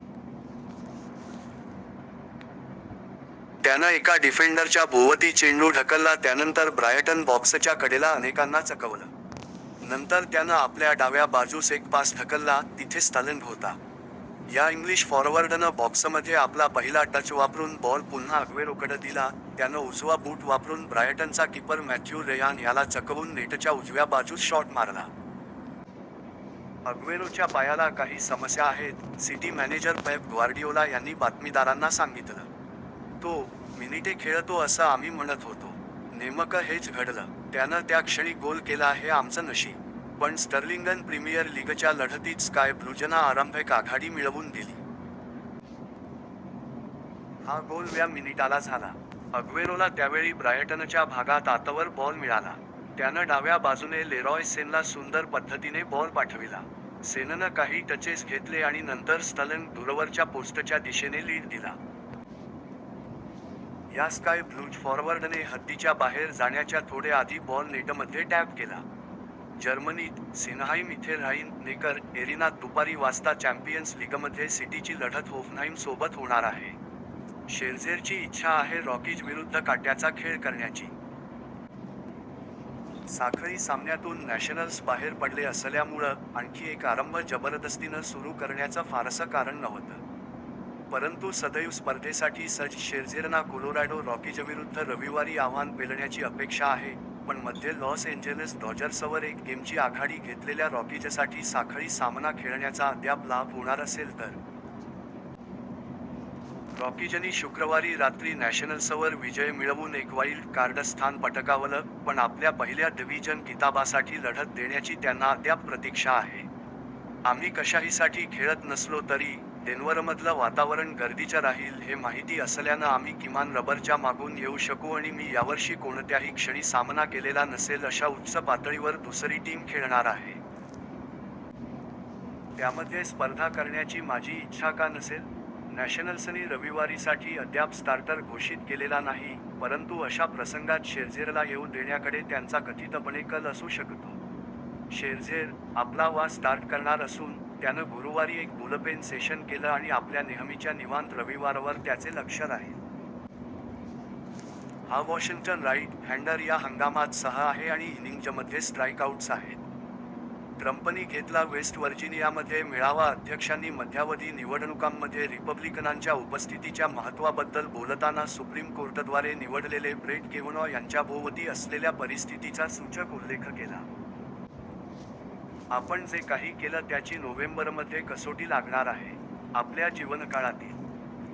त्यानं एका डिफेंडरच्या भोवती चेंडू ढकलला त्यानंतर ब्रायटन बॉक्सच्या कडेला अनेकांना चकवलं. नंतर त्यानं आपल्या डाव्या बाजूस एक पास ढकलला, तिथे स्टर्लिंग होता. या इंग्लिश फॉरवर्डनं बॉक्समध्ये आपला पहिला टच वापरुन बॉल पुन्हा अग्वेरोकडं दिला, त्यानं उजवा बूट वापरुन ब्रायटनचा किपर मॅथ्यू रेयान याला चकवून नेटच्या उजव्या बाजूस शॉट मारला. अग्वेरोच्या पायाला काही समस्या आहेत," सिटी मॅनेजर पेप ग्वार्डियोला यांनी बातमीदारांना सांगितलं. "तो, मिनिटे खेळतो असं आम्ही म्हणत होतो. नेमकं हेच घडलं. त्यानं त्या क्षणी गोल केला हे आमचं नशीब. " पण स्टर्लिंगन प्रीमियर लिगच्या लढतीत स्काय ब्लूजना आरंभिक आघाडी मिळवून दिली. हा गोल व्या मिनिटाला झाला. अग्वेरोला त्यावेळी ब्रायटनच्या भागात आतवर बॉल मिळाला. त्यानं डाव्या बाजूने लेरॉय सेनला सुंदर पद्धतीने बॉल पाठविला. सेननं काही टचेस घेतले आणि नंतर स्टर्लिंग दूरवरच्या पोस्टच्या दिशेने लिड दिला. या स्काय ब्लूज फॉरवर्डने हद्दीच्या बाहेर जाण्याच्या थोडे आधी बॉल नेटमध्ये टॅप केला. जर्मनीत, सिनहाईम इथे ऱ्हाईन-नेकर-एरिनात दुपारी वाजता चँपियन्स लिगमध्ये सिटीची लढत होफनहाईम सोबत होणार आहे. शेरझेरची इच्छा आहे रॉकीज विरुद्ध काट्याचा खेळ करण्याची. साखळी सामन्यातून नॅशनल्स बाहेर पडले असल्यामुळं, आणखी एक आरंभ जबरदस्तीनं सुरु करण्याचं फारसं कारण नव्हतं. परंतु सदैव स्पर्धेसाठी सज्ज शेरझेरना कोलोरॅडो रॉकीजविरुद्ध रविवारी आव्हान पेलण्याची अपेक्षा आहे, पण मध्ये लॉस एंजेलिस डॉजर्सवर एक गेमची आघाडी घेतलेल्या रॉकीजसाठी साखळी सामना खेळण्याचा अद्याप लाभ होणार असेल तर. रॉकीजनी शुक्रवारी रात्री नॅशनल्सवर विजय मिळवून एक वाईल्ड-कार्ड स्थान पटकावलं, पण आपल्या पहिल्या डिवीजन किताबासाठी लढत देण्याची त्यांना अद्याप प्रतीक्षा आहे. "आम्ही कशाहीसाठी खेळत नसलो तरी, डेन्वरमधलं वातावरण गर्दीचं राहील हे माहिती असल्यानं आम्ही किमान रबरच्या मागून येऊ शकू आणि मी यावर्षी कोणत्याही क्षणी सामना केलेला नसेल अशा उच्च पातळीवर दुसरी टीम खेळणार आहे. त्यामध्ये स्पर्धा करण्याची माझी इच्छा का नसेल? " नॅशनल्सनी रविवारीसाठी अद्याप स्टार्टर घोषित केलेला नाही, परंतु अशा प्रसंगात शेरझेरला येऊ देण्याकडे त्यांचा कथितपणे कल असू शकतो. शेरझेर, आपला वा स्टार्ट करणार असून, त्यानं गुरूवारी एक बुलपेन सेशन केलं आणि आपल्या नेहमीच्या निवांत रविवारवर त्याचे लक्ष राहील. हा वॉशिंग्टन राईट-हँडर या हंगामात सह आहे आणि इनिंग्जमध्ये स्ट्राईकआउट्स आहेत. ट्रम्पनी घेतला वेस्ट वर्जिनियामध्ये मेळावा अध्यक्षांनी मध्यावधी निवडणुकांमध्ये रिपब्लिकनांच्या उपस्थितीच्या महत्वाबद्दल बोलताना सुप्रीम कोर्टद्वारे निवडलेले ब्रेट केवेनॉ यांच्याभोवती असलेल्या परिस्थितीचा सूचक उल्लेख केला. आपण जे काही केलं त्याची नोव्हेंबरमध्ये कसोटी लागणार आहे. आपल्या जीवनकाळातील